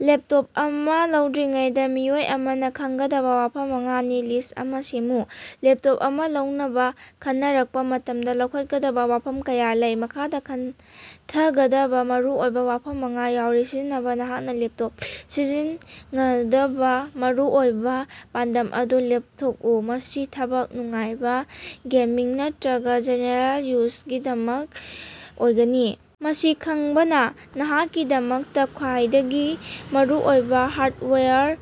Laptop ꯑꯃꯥ ꯂꯧꯗ꯭ꯔꯤꯉꯩꯗꯥ ꯃꯤꯑꯣꯏ ꯑꯃꯅ ꯈꯪꯒꯗꯕ ꯋꯥꯐꯝ ꯃꯉꯥꯒꯤ ꯂꯤꯁ꯭ꯠ ꯑꯃ ꯁꯦꯝꯃꯨ꯫ ꯂꯦꯞꯇꯣꯞ ꯑꯃ ꯂꯧꯅꯕ ꯈꯟꯅꯔꯛꯄ ꯃꯇꯝꯗ ꯂꯧꯈꯠꯀꯗꯕ ꯋꯥꯐꯝ ꯀꯌꯥ ꯂꯩ꯫ ꯃꯈꯥꯗ ꯈꯟꯊꯒꯗꯕ ꯃꯔꯨꯑꯣꯏꯕ ꯋꯥꯐꯝ ꯃꯉꯥ ꯌꯥꯎꯔꯤ ꯁꯤꯖꯤꯟꯅꯕ ꯅꯍꯥꯛꯅ ꯂꯦꯄꯇꯣꯞ ꯁꯤꯖꯤꯟꯉꯗꯕ ꯃꯔꯨꯑꯣꯏꯕ ꯄꯥꯟꯗꯝ ꯑꯗꯨ ꯂꯦꯞꯊꯣꯛꯎ꯫ ꯃꯁꯤ ꯊꯕꯛ, ꯅꯨꯡꯉꯥꯏꯕ, ꯒꯦꯃꯤꯡ ꯅꯠꯇꯔꯒ ꯖꯦꯅꯦꯔꯦꯜ ꯌꯨꯖꯒꯤꯗꯃꯛ ꯑꯣꯏꯒꯅꯤ? ꯃꯁꯤ ꯈꯪꯕꯅ ꯅꯍꯥꯛꯀꯤꯗꯃꯛꯇ ꯈ꯭ꯕꯥꯏꯗꯒꯤ ꯃꯔꯨꯑꯣꯏꯕ ꯍꯥꯔꯗꯋꯥꯌꯔ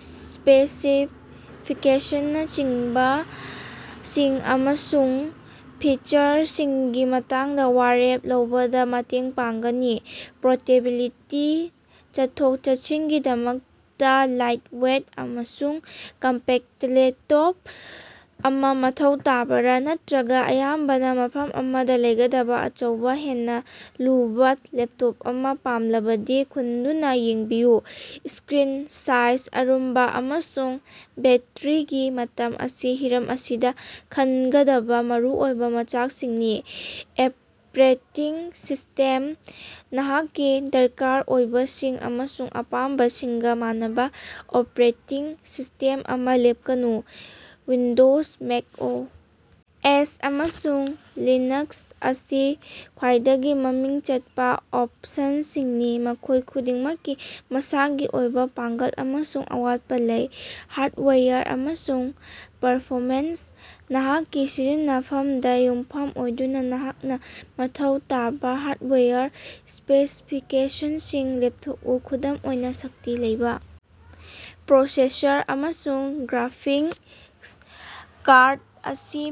ꯁ꯭ꯄꯦꯁꯤꯐꯤꯀꯦꯁꯅꯁꯤꯡ ꯑꯃꯁꯨꯡ ꯐꯤꯆꯔꯁꯤꯡꯒꯤ ꯃꯇꯥꯡꯗ ꯋꯥꯔꯦꯞ ꯂꯧꯕꯗ ꯃꯇꯦꯡ ꯄꯥꯡꯒꯅꯤ꯫ ꯄꯣꯔꯇꯦꯕꯤꯂꯤꯇꯤ ꯆꯠꯊꯣꯛ-ꯆꯠꯁꯤꯒꯤꯗꯃꯛꯇ ꯂꯥꯏꯠꯋꯦꯠ ꯑꯃꯁꯨꯡ ꯀꯝꯄꯦꯛꯇꯂꯦꯞꯇꯣꯞ ꯑꯃ ꯃꯊꯧ ꯇꯥꯕꯔ ꯅꯠꯇꯔꯒ ꯑꯌꯥꯝꯕꯅ ꯃꯐꯝ ꯑꯃꯗ ꯂꯩꯒꯗꯕ ꯑꯆꯧꯕ, ꯍꯦꯟꯅ ꯂꯨꯕꯥ ꯂꯦꯞꯇꯣꯞ ꯑꯃ ꯄꯥꯝꯂꯕꯗꯤ ꯈꯟꯗꯨꯅ ꯌꯦꯡꯕꯤꯌꯨ꯫ ꯁ꯭ꯀꯔꯤꯟ ꯁꯥꯏꯖ, ꯑꯔꯨꯝꯕ, ꯑꯃꯁꯨꯡ ꯕꯦꯠꯇ꯭ꯔꯤꯒꯤ ꯃꯇꯝ ꯑꯁꯤ ꯍꯤꯔꯝ ꯑꯁꯤꯗ ꯈꯟꯒꯗꯕ ꯃꯔꯨꯑꯣꯏꯕ ꯃꯆꯥꯛꯁꯤꯡꯅꯤ꯫ ꯑꯣꯄꯔꯦꯇꯤꯡ ꯁꯤꯁ꯭ꯇꯦꯝ: ꯅꯍꯥꯛꯀꯤ ꯗꯔꯀꯥꯔ ꯑꯣꯏꯕꯁꯤꯡ ꯑꯃꯁꯨꯡ ꯑꯄꯥꯝꯕꯁꯤꯡꯒꯥ ꯃꯥꯟꯅꯕ ꯑꯣꯄꯔꯦꯇꯤꯡ ꯁꯤꯁ꯭ꯇꯦꯝ ꯑꯃ ꯂꯦꯞꯀꯅꯨ꯫ ꯋꯤꯟꯗꯣꯖ, ꯃꯦꯛ ꯑꯣ. ꯑꯦꯁ., ꯑꯃꯁꯨꯡ ꯂꯤꯅꯛꯁ ꯑꯁꯤ ꯈ꯭ꯋꯦꯏꯗꯒꯤ ꯃꯃꯤꯡ ꯆꯠꯄ ꯑꯣꯞꯁꯟꯁꯤꯡꯅꯤ, ꯃꯈꯣꯏ ꯈꯨꯗꯤꯡꯃꯛꯀꯤ ꯃꯁꯥꯒꯤ ꯑꯣꯏꯕ ꯄꯥꯡꯒꯜ ꯑꯃꯁꯨꯡ ꯑꯋꯥꯠꯄꯥ ꯂꯩ꯫ ꯍꯥꯔꯗꯋꯦꯌꯔ ꯑꯃꯁꯨꯡ ꯄꯔꯐꯣꯃꯦꯟꯁ: ꯅꯍꯥꯛꯀꯤ ꯁꯤꯖꯤꯟꯅꯐꯝꯗ ꯌꯨꯝꯐꯝ ꯑꯣꯏꯗꯨꯅ ꯅꯍꯥꯛꯅ ꯃꯊꯧ ꯇꯥꯕ ꯍꯥꯔꯗꯋꯦꯌꯔ ꯁ꯭ꯄꯦꯁꯤꯐꯤꯀꯦꯁꯟꯁꯤꯡ ꯂꯦꯞꯊꯣꯛꯎ꯫ ꯈꯨꯗꯝ ꯑꯣꯏꯅ, ꯁꯛꯇꯤ ꯂꯩꯕ ꯄ꯭ꯔꯣꯁꯦꯁꯔ ꯑꯃꯁꯨꯡ ꯒ꯭ꯔꯥꯐꯤꯛꯁ ꯀꯥꯔꯗ ꯑꯁꯤ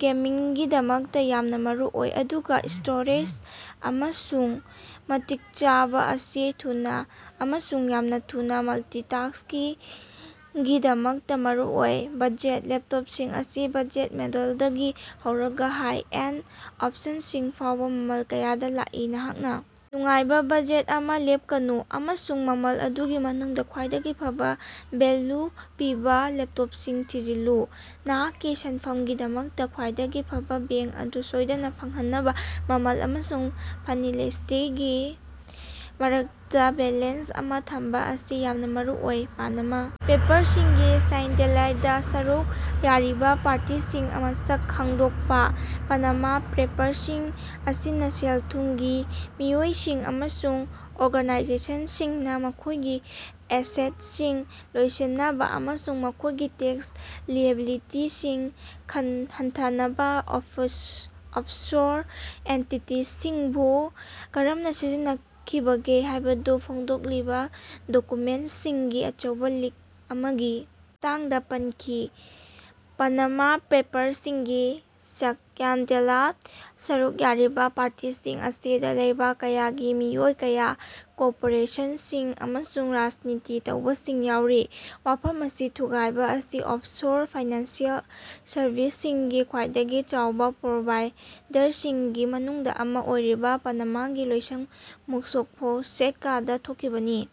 ꯒꯦꯃꯤꯡꯒꯤꯗꯃꯛꯇ ꯌꯥꯝꯅ ꯃꯔꯨꯑꯣꯏ, ꯑꯗꯨꯒ ꯁ꯭ꯇꯣꯔꯦꯖ ꯑꯃꯁꯨꯡ ꯃꯇꯤꯛ ꯆꯥꯕ ꯑꯁꯤ ꯊꯨꯅ ꯑꯃꯁꯨꯡ ꯌꯥꯝꯅ ꯊꯨꯅ ꯃꯜꯇꯤꯇꯥ꯭ꯁꯀꯤꯡꯒꯤꯗꯃꯛꯇ ꯃꯔꯨꯑꯣꯏ꯫ ꯕꯖꯦꯠ: ꯂꯦꯞꯇꯣꯞꯁꯤꯡ ꯑꯁꯤ ꯕꯖꯦꯠ ꯃꯣꯗꯦꯜꯗꯒꯤ ꯍꯧꯔꯒ ꯍꯥꯏ-ꯑꯦꯟꯗ ꯑꯣꯞꯁꯟꯁꯤꯡ ꯐꯥꯎꯕ ꯃꯃꯜ ꯀꯌꯥꯗ ꯂꯥꯛꯏ꯫ ꯅꯍꯥꯛꯅ ꯅꯨꯡꯉꯥꯏꯕ ꯕꯖꯦꯠ ꯑꯃ ꯂꯦꯞꯀꯅꯨ, ꯑꯃꯁꯨꯡ ꯃꯃꯜ ꯑꯗꯨꯒꯤ ꯃꯅꯨꯡꯗ ꯈ꯭ꯋꯥꯏꯗꯒꯤ ꯐꯕ ꯚꯦꯜꯌꯨ ꯄꯤꯕ ꯂꯦꯞꯇꯣꯞꯁꯤꯡ ꯊꯤꯖꯤꯜꯂꯨ꯫ ꯅꯍꯥꯛꯀꯤ ꯁꯦꯟꯐꯝꯒꯤꯗꯃꯛꯇ ꯈ꯭ꯋꯥꯏꯗꯒꯤ ꯐꯕ ꯕꯦꯡ ꯑꯗꯨ ꯁꯣꯏꯗꯅ ꯐꯪꯍꯟꯅꯕ ꯃꯃꯜ ꯑꯃꯁꯨꯡ ꯐ꯭ꯪꯁꯅꯦꯂꯤꯇꯤꯒꯤ ꯃꯔꯛꯇ ꯕꯦꯂꯦꯟꯁ ꯑꯃ ꯊꯝꯕ ꯑꯁꯤ ꯌꯥꯝꯅ ꯃꯔꯨꯑꯣꯏ꯫ ꯄꯅꯃꯥ ꯄꯦꯄ꯭ꯔꯁꯤꯡꯒꯤ ꯁ꯭ꯛꯌꯥꯟꯗꯦꯂꯗꯥ ꯁꯔꯨꯛ ꯌꯥꯔꯤꯕ ꯄꯥꯔꯇꯤꯁꯤꯡ ꯃꯁꯛ ꯈꯉꯗꯣꯛꯄ꯫ ꯄꯅꯃꯥ ꯄꯦꯄ꯭ꯔꯁꯤꯡ ꯑꯁꯤꯅ ꯁꯦꯜ ꯊꯨꯝꯒꯤ ꯃꯤꯑꯣꯏꯁꯤꯡ ꯑꯃꯁꯨꯡ ꯑꯣꯔꯒꯅꯥꯏꯖꯦꯁꯟꯁꯤꯡꯅ ꯃꯈꯣꯏꯒꯤ ꯑꯦꯁꯦꯠꯁꯤꯡ ꯂꯣꯠꯁꯤꯟꯅꯕꯥ ꯑꯃꯁꯨꯡ ꯃꯈꯣꯏꯒꯤ ꯇꯦꯛꯁ ꯂꯤꯑꯦꯕꯤꯂꯤꯇꯤꯁꯤꯡ ꯍꯟꯊꯍꯟꯅꯕ ꯑꯣꯐꯁꯣꯔ ꯑꯦꯟꯇꯤꯇꯤꯁꯤꯡꯕꯨ ꯀꯔꯝꯅ ꯁꯤꯖꯤꯟꯅꯈꯤꯕꯒꯦ ꯍꯥꯏꯕꯗꯨ ꯐꯣꯡꯗꯣꯛꯂꯤꯕ ꯗꯣꯀꯨꯃꯦꯟꯠꯁꯤꯡꯒꯤ ꯑꯆꯧꯕ ꯂꯤꯛ ꯑꯃꯒꯤ ꯃꯇꯥꯡꯗ ꯄꯟꯈꯤ꯫ ꯄꯅꯃꯥ ꯄꯦꯄ꯭ꯔꯁꯤꯡꯒꯤ ꯁ꯭ꯛꯌꯥꯟꯗꯦꯂꯗꯥ ꯁꯔꯨꯛ ꯌꯥꯔꯤꯕ ꯄꯥꯔꯇꯤꯁꯤꯡ ꯑꯁꯤꯗ ꯂꯩꯕꯥꯛ ꯀꯌꯥꯒꯤ ꯃꯤꯑꯣꯏ ꯀꯌꯥ, ꯀꯣꯔꯄꯣꯔꯦꯁꯟꯁꯤꯡ ꯑꯃꯁꯨꯡ ꯔꯥꯖꯅꯤꯇꯤ ꯇꯧꯕꯁꯤꯡ ꯌꯥꯎꯔꯤ꯫ ꯋꯥꯐꯝ ꯑꯁꯤ ꯊꯨꯒꯥꯏꯕ ꯑꯁꯤ ꯑꯣꯐꯁꯣꯔ ꯐꯥꯏꯅꯥꯟꯁꯤꯑꯦꯜ ꯁꯔꯕꯤꯁꯁꯤꯡꯒꯤ ꯈ꯭ꯋꯥꯏꯗꯒꯤ ꯆꯥꯎꯕ ꯄ꯭ꯔꯣꯚꯥꯏꯗꯔꯁꯤꯡꯒꯤ ꯃꯅꯨꯡꯗ ꯑꯃ ꯑꯣꯏꯔꯤꯕ ꯄꯅꯃꯥꯒꯤ ꯂꯣꯏꯁꯪ ꯃꯣꯁꯥꯛ ꯐꯣꯟꯁꯦꯀꯥꯗ ꯊꯣꯛꯈꯤꯕꯅꯤ꯫